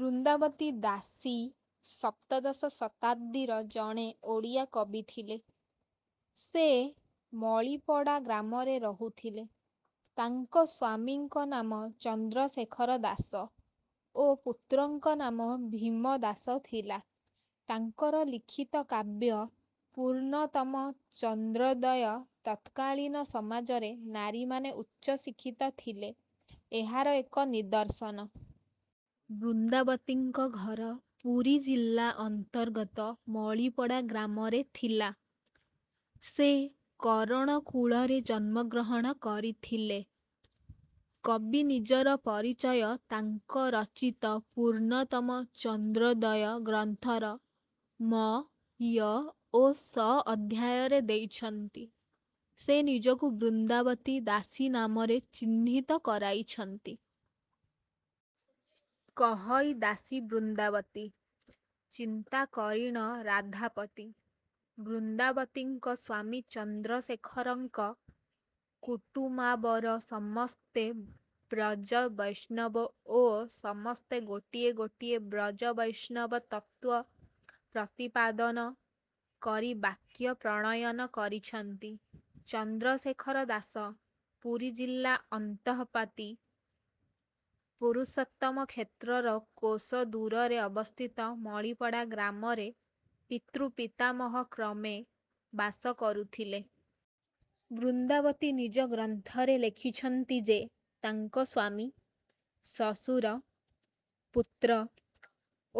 ବୃନ୍ଦାବତୀ ଦାସୀ ସପ୍ତଦଶ ଶତାବ୍ଦୀର ଜଣେ ଓଡ଼ିଆ କବି ଥିଲେ। ସେ ମଳିପଡ଼ା ଗ୍ରାମରେ ରହୁଥିଲେ। ତାଙ୍କ ସ୍ୱାମୀଙ୍କ ନାମ ଚନ୍ଦ୍ରଶେଖର ଦାସ ଓ ପୁତ୍ରଙ୍କ ନାମ ଭୀମ ଦାସ ଥିଲା। ତାଙ୍କର ଲିଖିତ କାବ୍ୟ 'ପୂର୍ଣ୍ଣତମ ଚନ୍ଦ୍ରୋଦୟ' ତତ୍କାଳୀନ ସମାଜରେ ନାରୀମାନେ ଉଚ୍ଚଶିକ୍ଷିତ ଥିଲେ ଏହାର ଏକ ନିଦର୍ଶନ। ବୃନ୍ଦାବତୀଙ୍କ ଘର ପୁରୀ ଜିଲ୍ଲା ଅନ୍ତର୍ଗତ ମଳିପଡ଼ା ଗ୍ରାମରେ ଥିଲା। ସେ କରଣକୁଳରେ ଜନ୍ମଗ୍ରହଣ କରିଥିଲେ। କବି ନିଜର ପରିଚୟ ତାଙ୍କ ରଚିତ ପୂର୍ଣ୍ଣତମ ଚନ୍ଦ୍ରୋଦୟ ଗ୍ରନ୍ଥର ମ, ୟ ଓ ଶ ଅଧ୍ୟାୟରେ ଦେଇଛନ୍ତି। ସେ ନିଜକୁ 'ବୃନ୍ଦାବତୀ ଦାସୀ' ନାମରେ ଚିହ୍ନିତ କରାଇଛନ୍ତି। କହଇ ଦାସୀ ବୃନ୍ଦାବତୀ। ଚିନ୍ତା କରିଣ ରାଧାପତି। ବୃନ୍ଦାବତୀଙ୍କ ସ୍ୱାମୀ ଚନ୍ଦ୍ରଶେଖରଙ୍କ କୁଟୁମାବର ସମସ୍ତେ ବ୍ରଜ ବୈଷ୍ଣବ ଓ ସମସ୍ତେ ଗୋଟିଏ ଗୋଟିଏ ବ୍ରଜବୈଷ୍ଣବ ତତ୍ତ୍ୱ ପ୍ରତିପାଦନ କରି କାବ୍ୟ ପ୍ରଣୟନ କରିଛନ୍ତି। ଚନ୍ଦ୍ରଶେଖର ଦାସ ପୁରୀଜିଲ୍ଲା ଅନ୍ତଃପାତି ପୁରୁଷୋତ୍ତମ କ୍ଷେତ୍ରର କୋଶ ଦୂରରେ ଅବସ୍ଥିତ ମଳିପଡ଼ା ଗ୍ରାମରେ ପିତୃପିତାମହକ୍ରମେ ବାସ କରୁଥିଲେ। ବୃନ୍ଦାବତୀ ନିଜ ଗ୍ରନ୍ଥରେ ଲେଖିଛନ୍ତି ଯେ ତାଙ୍କ ସ୍ୱାମୀ, ଶ୍ୱଶୁର, ପୁତ୍ର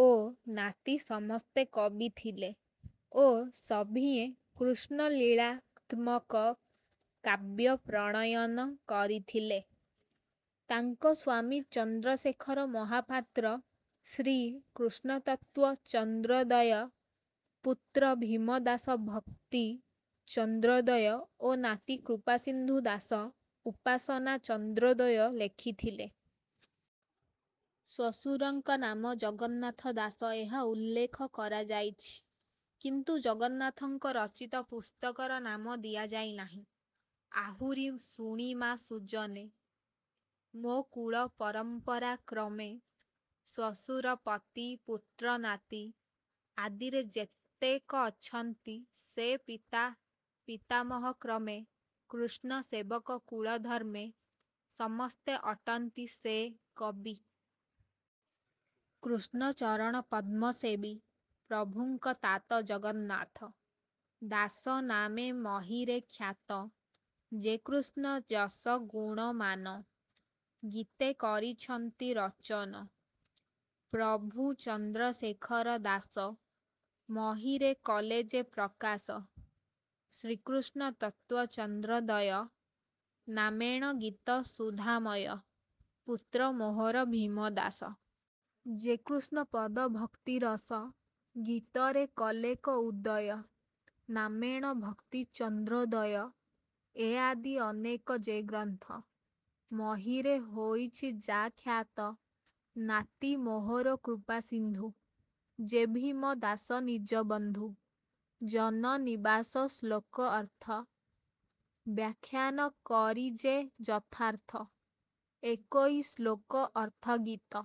ଓ ନାତି ସମସ୍ତେ କବି ଥିଲେ ଓ ସଭିଏଁ କୃଷ୍ଣଲୀଳାତ୍ମକ କାବ୍ୟ ପ୍ରଣୟନ କରିଥିଲେ। ତାଙ୍କ ସ୍ୱାମୀ ଚନ୍ଦ୍ରଶେଖର ମହାପାତ୍ର ଶ୍ରୀକୃଷ୍ଣତତ୍ତ୍ୱ ଚନ୍ଦ୍ରୋଦୟ, ପୁତ୍ର ଭୀମଦାସ ଭକ୍ତି ଚନ୍ଦ୍ରୋଦୟ ଓ ନାତି କୃପାସିନ୍ଧୁ ଦାସ ଉପାସନା ଚନ୍ଦ୍ରୋଦୟ ଲେଖିଥିଲେ। ଶ୍ୱଶୁରଙ୍କ ନାମ ଜଗନ୍ନାଥ ଦାସ ଏହା ଉଲ୍ଲେଖ କରାଯାଇଛି କିନ୍ତୁ ଜଗନ୍ନାଥଙ୍କ ରଚିତ ପୁସ୍ତକର ନାମ ଦିଆଯାଇନାହିଁ। ଆହୁରି ଶୁଣିମା ସୁଜନେ। ମୋ କୁଳ ପରମ୍ପରାକ୍ରମେ। ଶ୍ୱଶୁର ପତି ପୁତ୍ର ନାତି। ଆଦିରେ ଯେତେକ ଅଛନ୍ତି। ସେ ପିତା ପିତାମହକ୍ରମେ। କୃଷ୍ଣ ସେବକ କୁଳଧର୍ମେ। ସମସ୍ତେ ଅଟନ୍ତି ସେ କବି। କୃଷ୍ଣ ଚରଣପଦ୍ମ ସେବି। ପ୍ରଭୁଙ୍କ ତାତ ଜଗନ୍ନାଥ। ଦାସ ନାମେ ମହୀରେ ଖ୍ୟାତ। ଯେ କୃଷ୍ଣ ଯଶ ଗୁଣମାନ। ଗୀତେ କରିଛନ୍ତି ରଚନ। ପ୍ରଭୁ ଚନ୍ଦ୍ରଶେଖର ଦାସ। ମହୀରେ କଲେ ଯେ ପ୍ରକାଶ। ଶ୍ରୀକୃଷ୍ଣ ତତ୍ତ୍ୱ ଚନ୍ଦ୍ରୋଦୟ। ନାମେଣ ଗୀତ ସୁଧାମୟ। ପୁତ୍ର ମୋହର ଭୀମଦାସ। ଯେ କୃଷ୍ଣପଦ ଭକ୍ତିରସ। ଗୀତରେ କଲେକ ଉଦୟ। ନାମେଣ ଭକ୍ତି ଚନ୍ଦ୍ରୋଦୟ। ଏ ଆଦି ଅନେକ ଯେ ଗ୍ରନ୍ଥ। ମହୀରେ ହୋଇଛି ଯା ଖ୍ୟାତ। ନାତି ମୋହର କୃପାସିନ୍ଧୁ। ଯେ ଭୀମଦାସ ନିଜ ବନ୍ଧୁ। ଜନନିବାସ ଶ୍ଳୋକ ଅର୍ଥ। ବ୍ୟାଖ୍ୟାନ କରି ଯେ ଯଥାର୍ଥ। ଏକଇ ଶ୍ଳୋକ ଅର୍ଥଗୀତ।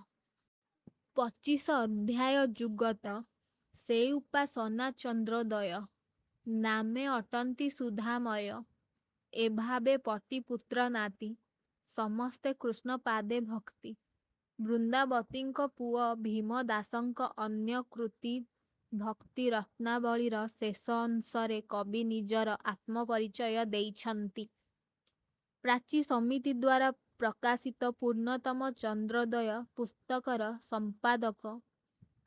ପଚିଶ ଅଧ୍ୟାୟ ଯୁଗତ। ସେ ଉପାସନା ଚନ୍ଦ୍ରୋଦୟ। ନାମେ ଅଟନ୍ତି ସୁଧାମୟ। ଏଭାବେ ପତି ପୁତ୍ର ନାତି। ସମସ୍ତେ କୃଷ୍ଣ ପାଦେ ଭକ୍ତି। ବୃନ୍ଦାବତୀଙ୍କ ପୁଅ ଭୀମଦାସଙ୍କ ଅନ୍ୟ କୃତି ଭକ୍ତିରତ୍ନାବଳୀର ଶେଷ ଅଂଶରେ କବି ନିଜର ଆତ୍ମପରିଚୟ ଦେଇଛନ୍ତି। ପ୍ରାଚୀ ସମିତିଦ୍ୱାରା ପ୍ରକାଶିତ ପୂର୍ଣ୍ଣତମ ଚନ୍ଦ୍ରୋଦୟ ପୁସ୍ତକର ସମ୍ପାଦକ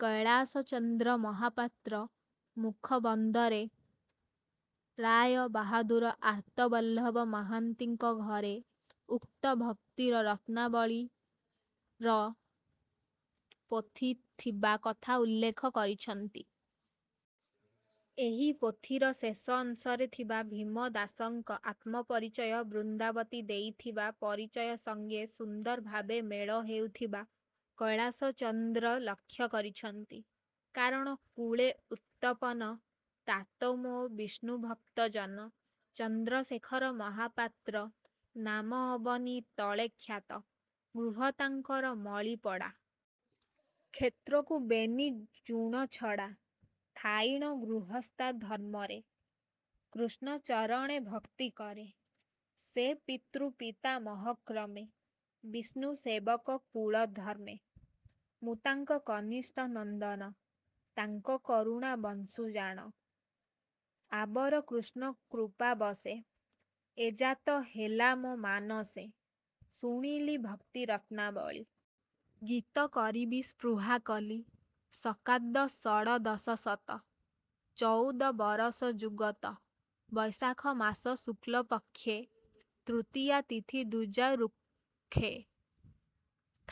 କୈଳାସଚନ୍ଦ୍ର ମହାପାତ୍ର ମୁଖବନ୍ଧରେ ରାୟ ବାହାଦୁର ଆର୍ତ୍ତବଲ୍ଲଭ ମହାନ୍ତିଙ୍କ ଘରେ ଉକ୍ତ ଭକ୍ତିରତ୍ନାବଳୀର ପୋଥି ଥିବା କଥା ଉଲ୍ଲେଖ କରିଛନ୍ତି। ଏହି ପୋଥିର ଶେଷ ଅଂଶରେ ଥିବା ଭୀମ ଦାସଙ୍କ ଆତ୍ମପରିଚୟ ବୃନ୍ଦାବତୀ ଦେଇଥିବା ପରିଚୟ ସଙ୍ଗେ ସୁନ୍ଦର ଭାବେ ମେଳ ହେଉଥିବା କୈଳାସଚନ୍ଦ୍ର ଲକ୍ଷ୍ୟ କରିଛନ୍ତି। କରଣ କୁଳେ ଉତପନ। ତାତ ମୋ ବିଷ୍ଣୁଭକ୍ତ ଜନ। ଚନ୍ଦ୍ରଶେଖର ମହାପାତ୍ର। ନାମ ଅବନୀ ତଳେ ଖ୍ୟାତ। ଗୃହ ତାଙ୍କର ମଳିପଡ଼ା। କ୍ଷେତ୍ରକୁ ବେନି ଯୁଣ ଛଡ଼ା। ଥାଇଣ ଗୃହସ୍ଥା ଧର୍ମରେ। କୃଷ୍ଣ ଚରଣେ ଭକ୍ତି କରେ। ସେ ପିତୃପିତାମହକ୍ରମେ। ବିଷ୍ଣୁ ସେବକ କୁଳଧର୍ମେ। ମୁଁ ତାଙ୍କ କନିଷ୍ଠ ନନ୍ଦନ। ତାଙ୍କ କରୁଣା ବଶୁଁ ଜାଣ। ଆବର କୃଷ୍ଣ କୃପାବଶେ। ଏ ଜାତ ହେଲା ମୋ ମାନସେ। ଶୁଣିଲି ଭକ୍ତିରତ୍ନାବଳୀ। ଗୀତ କରିବି ସ୍ପୃହା କଲି। ଶକାବ୍ଦ ଷଡ଼ଦଶ ଶତ। ଚଉଦ ବରଷ ଯୁଗତ। ବୈଶାଖମାସ ଶୁକ୍ଳ ପକ୍ଷେ। ତୃତୀୟା ତିଥି ଦ୍ୱିଜା ଋକ୍ଷେ।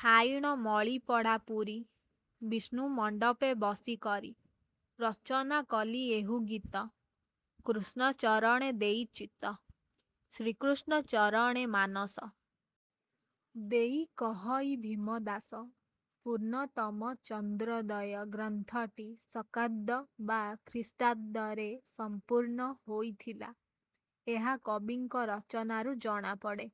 ଥାଇଣ ମଳିପଡ଼ା ପୁରୀ। ବିଷ୍ଣୁ ମଣ୍ଡପେ ବସି କରି। ରଚନା କଲି ଏହୁ ଗୀତ। କୃଷ୍ଣ ଚରଣେ ଦେଇ ଚିତ୍ତ। ଶ୍ରୀକୃଷ୍ଣ ଚରଣେ ମାନସ। ଦେଇ କହଇ ଭୀମଦାସ। 'ପୂର୍ଣ୍ଣତମ ଚନ୍ଦ୍ରୋଦୟ' ଗ୍ରନ୍ଥଟି ଶକାବ୍ଦ ବା ଖ୍ରୀଷ୍ଟାବ୍ଦ ରେ ସମ୍ପୂର୍ଣ୍ଣ ହୋଇଥିଲା ଏହା କବିଙ୍କ ରଚନାରୁ ଜଣାପଡ଼େ।।